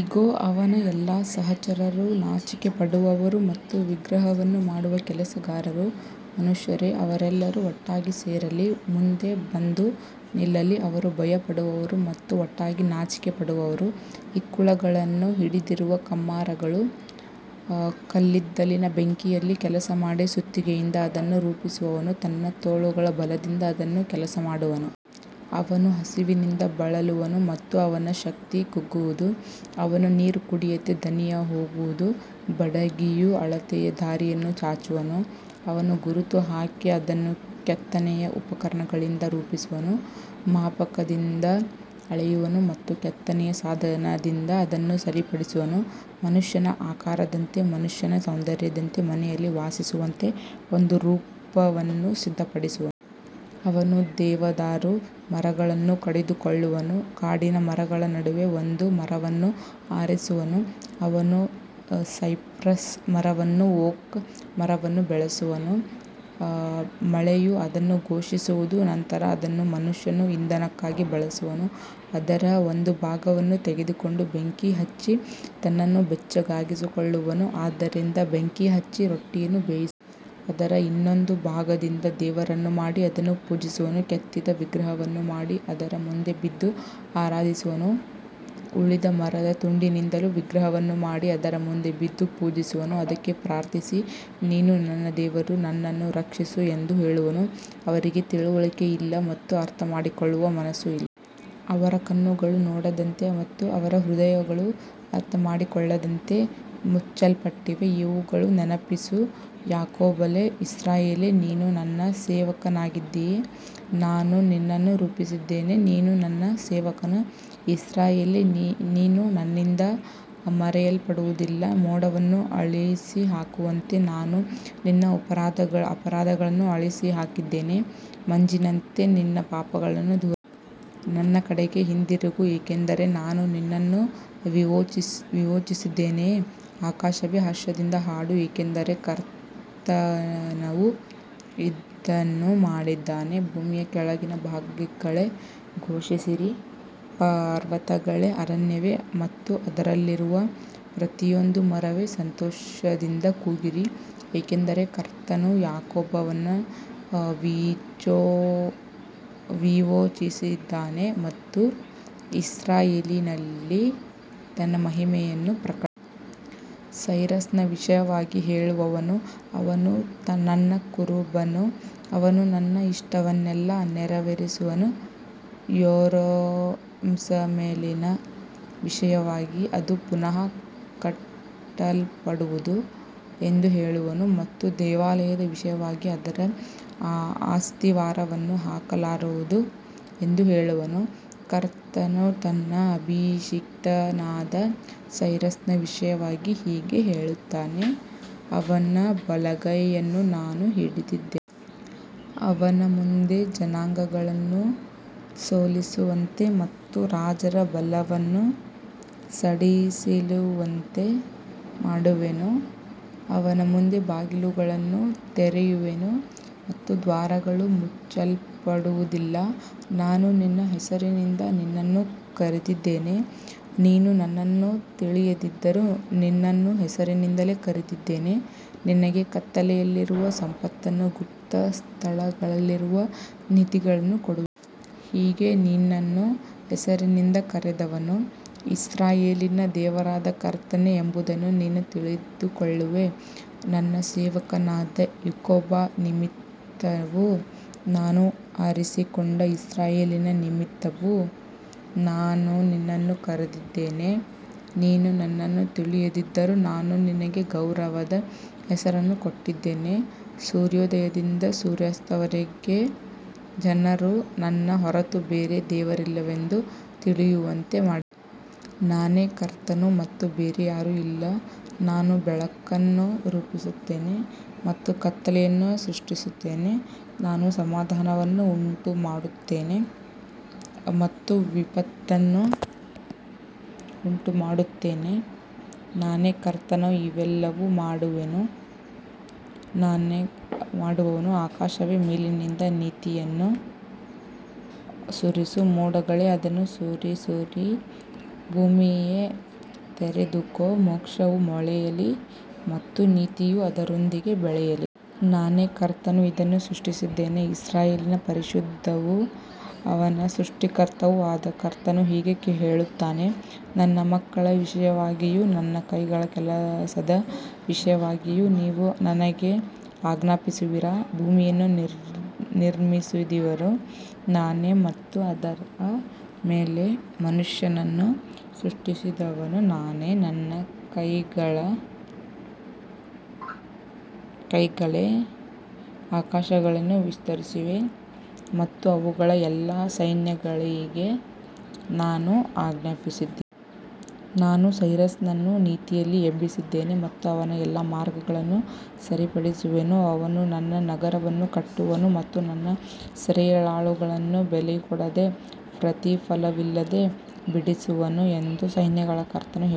ಇಗೋ, ಅವನ ಎಲ್ಲಾ ಸಹಚರರು ನಾಚಿಕೆಪಡುವರು ಮತ್ತು ವಿಗ್ರಹವನ್ನು ಮಾಡುವ ಕೆಲಸಗಾರರೂ ಮನುಷ್ಯರೇ. ಅವರೆಲ್ಲರೂ ಒಟ್ಟಾಗಿ ಸೇರಲಿ, ಮುಂದೆ ಬಂದು ನಿಲ್ಲಲಿ. ಅವರು ಭಯಪಡುವರು ಮತ್ತು ಒಟ್ಟಾಗಿ ನಾಚಿಕೆಪಡುವರು. ಇಕ್ಕುಳಗಳನ್ನು ಹಿಡಿದಿರುವ ಕಮ್ಮಾರನು ಕಲ್ಲಿದ್ದಲಿನ ಬೆಂಕಿಯಲ್ಲಿ ಕೆಲಸಮಾಡಿ ಸುತ್ತಿಗೆಯಿಂದ ಅದನ್ನು ರೂಪಿಸುವನು. ತನ್ನ ತೋಳುಗಳ ಬಲದಿಂದ ಅದನ್ನು ಕೆಲಸಮಾಡುವನು. ಅವನು ಹಸಿವಿನಿಂದ ಬಳಲುವನು ಮತ್ತು ಅವನ ಶಕ್ತಿ ಕುಗ್ಗುವುದು. ಅವನು ನೀರು ಕುಡಿಯದೆ ದಣಿದುಹೋಗುವನು. ಬಡಗಿಯು ಅಳತೆಯ ದಾರಿಯನ್ನು ಚಾಚುವನು. ಅವನು ಗುರುತು ಹಾಕಿ ಅದನ್ನು ಕೆತ್ತನೆಯ ಉಪಕರಣಗಳಿಂದ ರೂಪಿಸುವನು. ಮಾಪಕದಿಂದ ಅಳೆಯುವನು ಮತ್ತು ಕೆತ್ತನೆಯ ಸಾಧನದಿಂದ ಅದನ್ನು ಸರಿಪಡಿಸುವನು. ಮನುಷ್ಯನ ಆಕಾರದಂತೆ, ಮನುಷ್ಯನ ಸೌಂದರ್ಯದಂತೆ, ಮನೆಯಲ್ಲಿ ವಾಸಿಸುವಂತೆ ಒಂದು ರೂಪವನ್ನು ಸಿದ್ಧಪಡಿಸುವನು. ಅವನು ದೇವದಾರು ಮರಗಳನ್ನು ಕಡಿದುಕೊಳ್ಳುವನು. ಕಾಡಿನ ಮರಗಳ ನಡುವೆ ಒಂದು ಮರವನ್ನು ಆರಿಸುವನು. ಅವನು ಸೈಪ್ರಸ್ ಮರವನ್ನೂ ಓಕ್ ಮರವನ್ನೂ ಬೆಳೆಸುವನು. ಮಳೆಯು ಅದನ್ನು ಪೋಷಿಸುವುದು. ನಂತರ ಅದನ್ನು ಮನುಷ್ಯನು ಇಂಧನಕ್ಕಾಗಿ ಬಳಸುವನು. ಅದರ ಒಂದು ಭಾಗವನ್ನು ತೆಗೆದುಕೊಂಡು ಬೆಂಕಿ ಹಚ್ಚಿ ತನ್ನನ್ನು ಬೆಚ್ಚಗಾಗಿಸಿಕೊಳ್ಳುವನು. ಅದರಿಂದ ಬೆಂಕಿ ಹಚ್ಚಿ ರೊಟ್ಟಿಯನ್ನು ಬೇಯಿಸುವನು. ಅದರ ಇನ್ನೊಂದು ಭಾಗದಿಂದ ದೇವರನ್ನು ಮಾಡಿ ಅದನ್ನು ಪೂಜಿಸುವನು. ಕೆತ್ತಿದ ವಿಗ್ರಹವನ್ನು ಮಾಡಿ ಅದರ ಮುಂದೆ ಬಿದ್ದು ಆರಾಧಿಸುವನು. ಉಳಿದ ಮರದ ತುಂಡಿನಿಂದಲೂ ವಿಗ್ರಹವನ್ನು ಮಾಡಿ ಅದರ ಮುಂದೆ ಬಿದ್ದು ಪೂಜಿಸುವನು. ಅದಕ್ಕೆ ಪ್ರಾರ್ಥಿಸಿ, ನೀನು ನನ್ನ ದೇವರು, ನನ್ನನ್ನು ರಕ್ಷಿಸು ಎಂದು ಹೇಳುವನು. ಅವರಿಗೆ ತಿಳುವಳಿಕೆ ಇಲ್ಲ ಮತ್ತು ಅರ್ಥಮಾಡಿಕೊಳ್ಳುವ ಮನಸ್ಸೂ ಇಲ್ಲ. ಅವರ ಕಣ್ಣುಗಳು ನೋಡದಂತೆ ಮತ್ತು ಅವರ ಹೃದಯಗಳು ಅರ್ಥಮಾಡಿಕೊಳ್ಳದಂತೆ ಮುಚ್ಚಲ್ಪಟ್ಟಿವೆ. ಇವುಗಳನ್ನು ನೆನಪಿಸು, ಯಾಕೋಬನೇ, ಇಸ್ರಾಯೇಲೇ, ನೀನು ನನ್ನ ಸೇವಕನಾಗಿದ್ದೀಯೆ. ನಾನು ನಿನ್ನನ್ನು ರೂಪಿಸಿದ್ದೇನೆ. ನೀನು ನನ್ನ ಸೇವಕನು. ಇಸ್ರಾಯೇಲೇ, ನೀನು ನನ್ನಿಂದ ಮರೆಯಲ್ಪಡುವುದಿಲ್ಲ. ಮೋಡವನ್ನು ಅಳಿಸಿಹಾಕುವಂತೆ ನಾನು ನಿನ್ನ ಅಪರಾಧಗಳನ್ನು ಅಳಿಸಿಹಾಕಿದ್ದೇನೆ. ಮಂಜಿನಂತೆ ನಿನ್ನ ಪಾಪಗಳನ್ನು ದೂರಮಾಡಿದ್ದೇನೆ. ನನ್ನ ಕಡೆಗೆ ಹಿಂದಿರುಗು, ಏಕೆಂದರೆ ನಾನು ನಿನ್ನನ್ನು ವಿಮೋಚಿಸಿದ್ದೇನೆ. ಆಕಾಶವೇ, ಹರ್ಷದಿಂದ ಹಾಡು, ಏಕೆಂದರೆ ಕರ್ತನು ಇದನ್ನು ಮಾಡಿದ್ದಾನೆ. ಭೂಮಿಯ ಕೆಳಗಿನ ಭಾಗಗಳೇ, ಘೋಷಿಸಿರಿ. ಪರ್ವತಗಳೇ, ಅರಣ್ಯವೇ ಮತ್ತು ಅದರಲ್ಲಿರುವ ಪ್ರತಿಯೊಂದು ಮರವೇ, ಸಂತೋಷದಿಂದ ಕೂಗಿರಿ. ಏಕೆಂದರೆ ಕರ್ತನು ಯಾಕೋಬನನ್ನು ವಿಮೋಚಿಸಿದ್ದಾನೆ ಮತ್ತು ಇಸ್ರಾಯೇಲಿನಲ್ಲಿ ತನ್ನ ಮಹಿಮೆಯನ್ನು ಪ್ರಕಟಿಸಿದ್ದಾನೆ. ಸೈರಸನ ವಿಷಯವಾಗಿ ಹೇಳುವವನು, ಅವನು ನನ್ನ ಕುರುಬನು. ಅವನು ನನ್ನ ಇಷ್ಟವನ್ನೆಲ್ಲ ನೆರವೇರಿಸುವನು. ಯೆರೂಸಲೇಮಿನ ವಿಷಯವಾಗಿ, ಅದು ಪುನಃ ಕಟ್ಟಲ್ಪಡುವುದು ಎಂದು ಹೇಳುವನು ಮತ್ತು ದೇವಾಲಯದ ವಿಷಯವಾಗಿ, ಅದರ ಅಸ್ತಿವಾರವನ್ನು ಹಾಕಲಾಗುವುದು ಎಂದು ಹೇಳುವನು. ಕರ್ತನು ತನ್ನ ಅಭಿಷಿಕ್ತನಾದ ಸೈರಸನ ವಿಷಯವಾಗಿ ಹೀಗೆ ಹೇಳುತ್ತಾನೆ. ಅವನ ಬಲಗೈಯನ್ನು ನಾನು ಹಿಡಿದಿದ್ದೇನೆ. ಅವನ ಮುಂದೆ ಜನಾಂಗಗಳನ್ನು ಸೋಲಿಸುವಂತೆ ಮತ್ತು ರಾಜರ ಬಲವನ್ನು ಸಡಿಲಿಸುವಂತೆ ಮಾಡುವೆನು. ಅವನ ಮುಂದೆ ಬಾಗಿಲುಗಳನ್ನು ತೆರೆಯುವೆನು ಮತ್ತು ದ್ವಾರಗಳು ಮುಚ್ಚಲ್ಪಡುವುದಿಲ್ಲ. ನಾನು ನಿನ್ನ ಹೆಸರಿನಿಂದ ನಿನ್ನನ್ನು ಕರೆದಿದ್ದೇನೆ. ನೀನು ನನ್ನನ್ನು ತಿಳಿಯದಿದ್ದರೂ ನಿನ್ನನ್ನು ಹೆಸರಿನಿಂದಲೇ ಕರೆದಿದ್ದೇನೆ. ನಿನಗೆ ಕತ್ತಲೆಯಲ್ಲಿರುವ ಸಂಪತ್ತನ್ನೂ ಗುಪ್ತ ಸ್ಥಳಗಳಲ್ಲಿರುವ ನಿಧಿಗಳನ್ನೂ ಕೊಡುವೆನು. ಹೀಗೆ ನಿನ್ನನ್ನು ಹೆಸರಿನಿಂದ ಕರೆದವನು ಇಸ್ರಾಯೇಲಿನ ದೇವರಾದ ಕರ್ತನೇ ಎಂಬುದನ್ನು ನೀನು ತಿಳಿದುಕೊಳ್ಳುವೆ. ನನ್ನ ಸೇವಕನಾದ ಯಾಕೋಬನ ನಿಮಿತ್ತವೂ ನಾನು ಆರಿಸಿಕೊಂಡ ಇಸ್ರಾಯೇಲಿನ ನಿಮಿತ್ತವೂ ನಾನು ನಿನ್ನನ್ನು ಕರೆದಿದ್ದೇನೆ. ನೀನು ನನ್ನನ್ನು ತಿಳಿಯದಿದ್ದರೂ ನಾನು ನಿನಗೆ ಗೌರವದ ಹೆಸರನ್ನು ಕೊಟ್ಟಿದ್ದೇನೆ. ಸೂರ್ಯೋದಯದಿಂದ ಸೂರ್ಯಾಸ್ತದವರೆಗೆ ಜನರು ನನ್ನ ಹೊರತು ಬೇರೆ ದೇವರಿಲ್ಲವೆಂದು ತಿಳಿಯುವಂತೆ ಮಾಡುವೆನು. ನಾನೇ ಕರ್ತನು ಮತ್ತು ಬೇರೆ ಯಾರೂ ಇಲ್ಲ. ನಾನು ಬೆಳಕನ್ನು ರೂಪಿಸುತ್ತೇನೆ ಮತ್ತು ಕತ್ತಲೆಯನ್ನು ಸೃಷ್ಟಿಸುತ್ತೇನೆ. ನಾನು ಸಮಾಧಾನವನ್ನು ಉಂಟುಮಾಡುತ್ತೇನೆ ಮತ್ತು ವಿಪತ್ತನ್ನು ಉಂಟುಮಾಡುತ್ತೇನೆ. ನಾನೇ ಕರ್ತನು, ಇವೆಲ್ಲವನ್ನೂ ಮಾಡುವವನು. ಆಕಾಶವೇ, ಮೇಲಿನಿಂದ ನೀತಿಯನ್ನು ಸುರಿಸು. ಮೋಡಗಳೇ, ಅದನ್ನು ಸುರಿಸಿರಿ. ಭೂಮಿಯೇ, ತೆರೆದುಕೋ. ಮೋಕ್ಷವು ಮೊಳೆಯಲಿ ಮತ್ತು ನೀತಿಯು ಅದರೊಂದಿಗೆ ಬೆಳೆಯಲಿ. ನಾನೇ ಕರ್ತನು ಇದನ್ನು ಸೃಷ್ಟಿಸಿದ್ದೇನೆ. ಇಸ್ರಾಯೇಲಿನ ಪರಿಶುದ್ಧನೂ ಅವನ ಸೃಷ್ಟಿಕರ್ತನೂ ಆದ ಕರ್ತನು ಹೀಗೆ ಹೇಳುತ್ತಾನೆ. ನನ್ನ ಮಕ್ಕಳ ವಿಷಯವಾಗಿಯೂ ನನ್ನ ಕೈಗಳ ಕೆಲಸದ ವಿಷಯವಾಗಿಯೂ ನೀವು ನನಗೆ ಆಜ್ಞಾಪಿಸುವಿರಾ? ಭೂಮಿಯನ್ನು ನಿರ್ಮಿಸಿದವನು ನಾನೇ ಮತ್ತು ಅದರ ಮೇಲೆ ಮನುಷ್ಯನನ್ನು ಸೃಷ್ಟಿಸಿದವನು ನಾನೇ. ನನ್ನ ಕೈಗಳೇ ಆಕಾಶಗಳನ್ನು ವಿಸ್ತರಿಸಿವೆ ಮತ್ತು ಅವುಗಳ ಎಲ್ಲಾ ಸೈನ್ಯಗಳಿಗೆ ನಾನು ಆಜ್ಞಾಪಿಸಿದ್ದೇನೆ. ನಾನು ಸೈರಸನನ್ನು ನೀತಿಯಲ್ಲಿ ಎಬ್ಬಿಸಿದ್ದೇನೆ ಮತ್ತು ಅವನ ಎಲ್ಲಾ ಮಾರ್ಗಗಳನ್ನು ಸರಿಪಡಿಸುವೆನು. ಅವನು ನನ್ನ ನಗರವನ್ನು ಕಟ್ಟುವನು ಮತ್ತು ನನ್ನ ಸೆರೆಯಾಳುಗಳನ್ನು ಬೆಲೆಕೊಡದೆ, ಪ್ರತಿಫಲವಿಲ್ಲದೆ ಬಿಡಿಸುವನು ಎಂದು ಸೈನ್ಯಗಳ ಕರ್ತನು ಹೇಳುತ್ತಾನೆ.